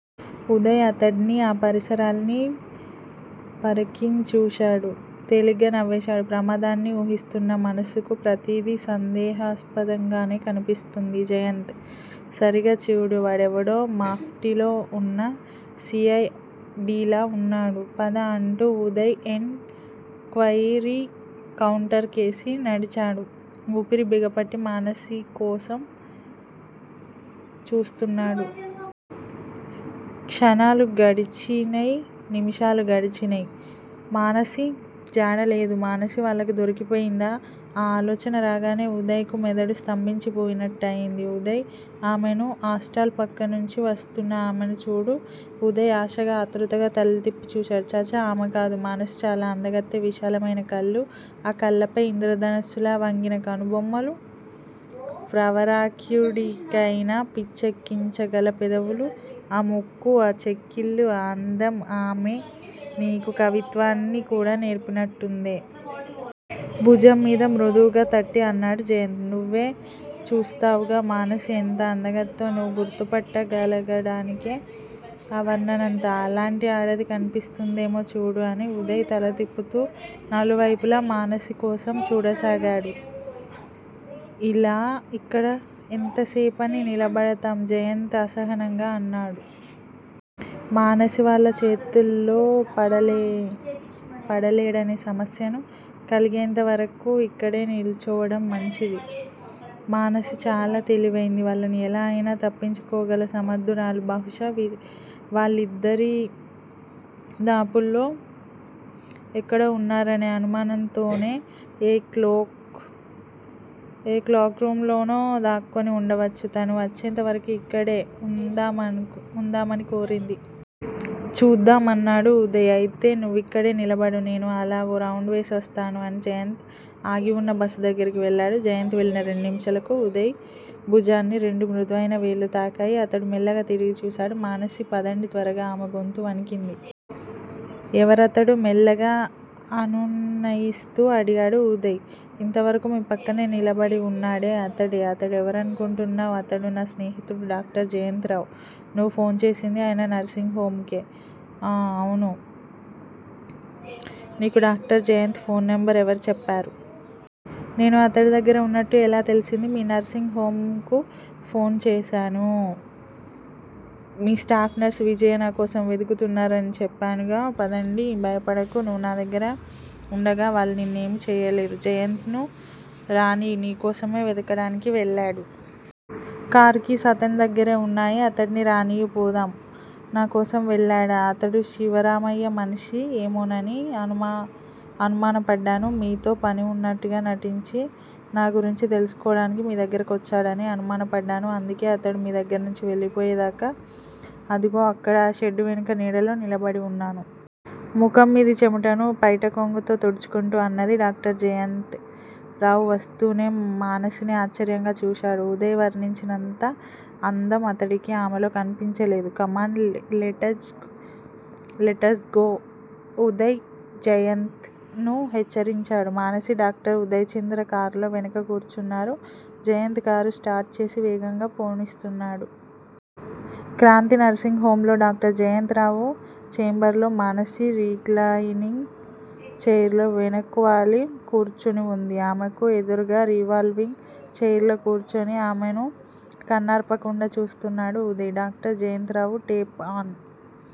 ఉదయ్, అతడ్నీ ఆ పరిసరాల్ని పరికించిచూశాడు. తేలిగానవ్వేశాడు. ప్రమాదాన్ని ఊహిస్తున్న మనసుకు ప్రతిదీ సందేహస్పదంగానే కన్పిస్తుంది. జయంత్! సరిగా చూడు. వాడెవడో మాప్టీలో వున్న సి. ఐ. డిలా వున్నాడు. పద! అంటూ ఉదయ్ ఎన్ క్వయిరీ కౌంటర్ కేసి నడిచాడు. ఊపిరి బిగపట్టి మానసికోసం చూస్తున్నాడు. క్షణాలు గడిచినై. నిముషాలు గడిచినై. మానసి జాడ లేదు, మానసి వాళ్ళకు దొరికిపోయిందా? ఆ ఆలోచన రాగానే ఉదయ్ కు మెదడు స్తంభించిపోయినట్టయింది. ఉదయ్! ఆమెను ఆస్టాల్ పక్కనుంచి వస్తున్నా ఆమెను చూడు ఉదయ్ ఆశగా, ఆతృతగా తలతిప్పి చూశాడు. ఛఛ ఆమె కాడు. మానసి చాలా అందగత్తె విశాలమైనకళ్ళు__ఆ కళ్ళపైగా ఇంద్రధనుసుళ్ళా వంగిన కనుబొమ్మలు__ప్రవరాఖ్యుడికైనాపిచ్చెక్కించగల పెదవులూ___ఆ ముక్కూ___ఆ చెక్కిళ్ళూ___ఆ అందం___ ఆమె నీకు కవిత్వాన్ని కూడా నేర్పినట్టుందే! భుజంమీద మృదువుగా తట్టి అన్నాడు జయంత్. నువ్వే చూస్తావుగా మానసి ఎంత అందగత్తో? నువ్వు గుర్తుపట్ట గలగడానికే ఆ వర్ణనంతా. అలాంటి ఆడది కన్పిస్తుందేమో చూడు అని ఉదయ్ తల తిప్పుతూ నలువైపులా మానసికోసం చూడసాగాడు. ఇలా ఇక్కడ ఎంతసేపని నిలబడతాం? జయంత్ అసహనంగా అన్నాడు. మానసి వాళ్ళ చేతుల్లో పడలేడనే సమస్యను కలిగేంతవరకు ఇక్కడే నిల్చోవడం మంచిది. మానసి చాలా తెలివైంది. వాళ్ళను ఎలా అయినా తప్పించుకోగల సమర్ధురాలు బహుశా వాళ్ళీదరిదాపుల్లో ఎక్కడో ఉన్నారనే అనుమానంతోనే, ఏ క్లోక్ రూం లోనో దాక్కుని వుండవచ్చు తను వచ్చేంతవరకు ఇక్కడే వుండమని కోరింది. చూద్దాం! అన్నాడు ఉదయ్. అయితే నువ్విక్కడే నిలబడు. నేను అలా ఓ రౌండువేసి వస్తాను అని జయంత్ ఆగివున్న బస్సు దగ్గిరకెళ్ళాడు. జయంత్ వెళ్ళిన రెండునిముషాలకు ఉదయ్ భుజాన్ని రెండుమృదువైన వేళ్ళు తాకాయి. అతడు మెల్లగా తిరిగి చూశాడు. మానసీ! పదండి! త్వరగా! ఆమె గొంతు వణికింది. ఎవరతడు? మెల్లగా అనునయిస్తూ అడిగాడు ఉదయ్. ఇంతవరకూ మీ పక్కనే నిలబడివున్నాడే అతడే! అతడెవరనుకోంటున్నావ్? అతడు నా స్నేహితుడు డాక్టర్ జయంత్ రావు. నువ్వు ఫోన్ చేసింది ఆయన నర్సింగ్ హొమ్ కే. ఆఁ! అవును! నీకు డాక్టర్ జయంత్ ఫోన్ నంబరు ఎవరు చెప్పారు? నేను అతడి దగ్గర ఉన్నట్టు ఎలా తెలిసింది? మీ నర్సింగ్ హొమ్ కు ఫోన్ చేశాను. మీ స్టాఫ్ నర్స్ విజయ నాకోసం వెదుకుతున్నారని చెప్పానుగా? పదండి. భయపడకు నువ్వు నాదగ్గర వుండగా వాళ్ళు నిన్నేమీ చెయ్యలేరు. జయంత్ ను రానియ్. నీ కోసమే వెదకడానికి వెళ్ళాడు. కారు కీస్ అతని దగ్గిరే వున్నాయి. అతడ్ని రానియ్యి పోదాం. నా కోసం వెళ్ళాడా? అతడు శివరామయ్య మనిషి ఏమోనని అనుమనపడ్డాను. మీతో పని వున్నట్టుగా నటించి, నా గురించి తెలుసుకోవడానికి, మీ దగ్గిరకొచ్చాడని అనుమానపడ్డాను. అందుకే అతడు మీ దగ్గిరనుంచి వెళ్ళిపోయేదాకా, అదుగో అక్కడ ఆ షెడ్డువెనక నీడలో నిలబడివున్నాను. ముఖంమీది చెమటను పైటకొంగుతో తుడుచుకుంటూ అన్నది. డాక్టర్ జయంత్ రావు వస్తూనే మానసిని ఆశ్చర్యంగా చూశాడు. ఉదయ్ వర్ణించినంత అందం అతడికి ఆమెలో కన్పించలేదు. కమాన్__లెటజ్ గో ఉదయ్ జయంత్ ను హెచ్చరించాడు. మానసీ, డాక్టర్ ఉదయచంద్ర కార్లో వెనక కూర్చున్నారు. జయంత్ కారు స్టార్ట్ చేసి వేగంగా పోనిస్తున్నాడు. క్రాంతి నర్సింగ్ హొమ్ లో డాక్టర్ జయంత్ రావు చేంబర్లో మానసి రిక్లాయినింగ్ చైర్లో వెనక్కువాలి కూర్చునివుంది. ఆమెకు ఎదురుగా రివాల్వింగ్ చైర్లో కూర్చుని ఆమెను కన్నార్పకుండా చూస్తున్నాడు Uday. Doctor Jayant Rao tape on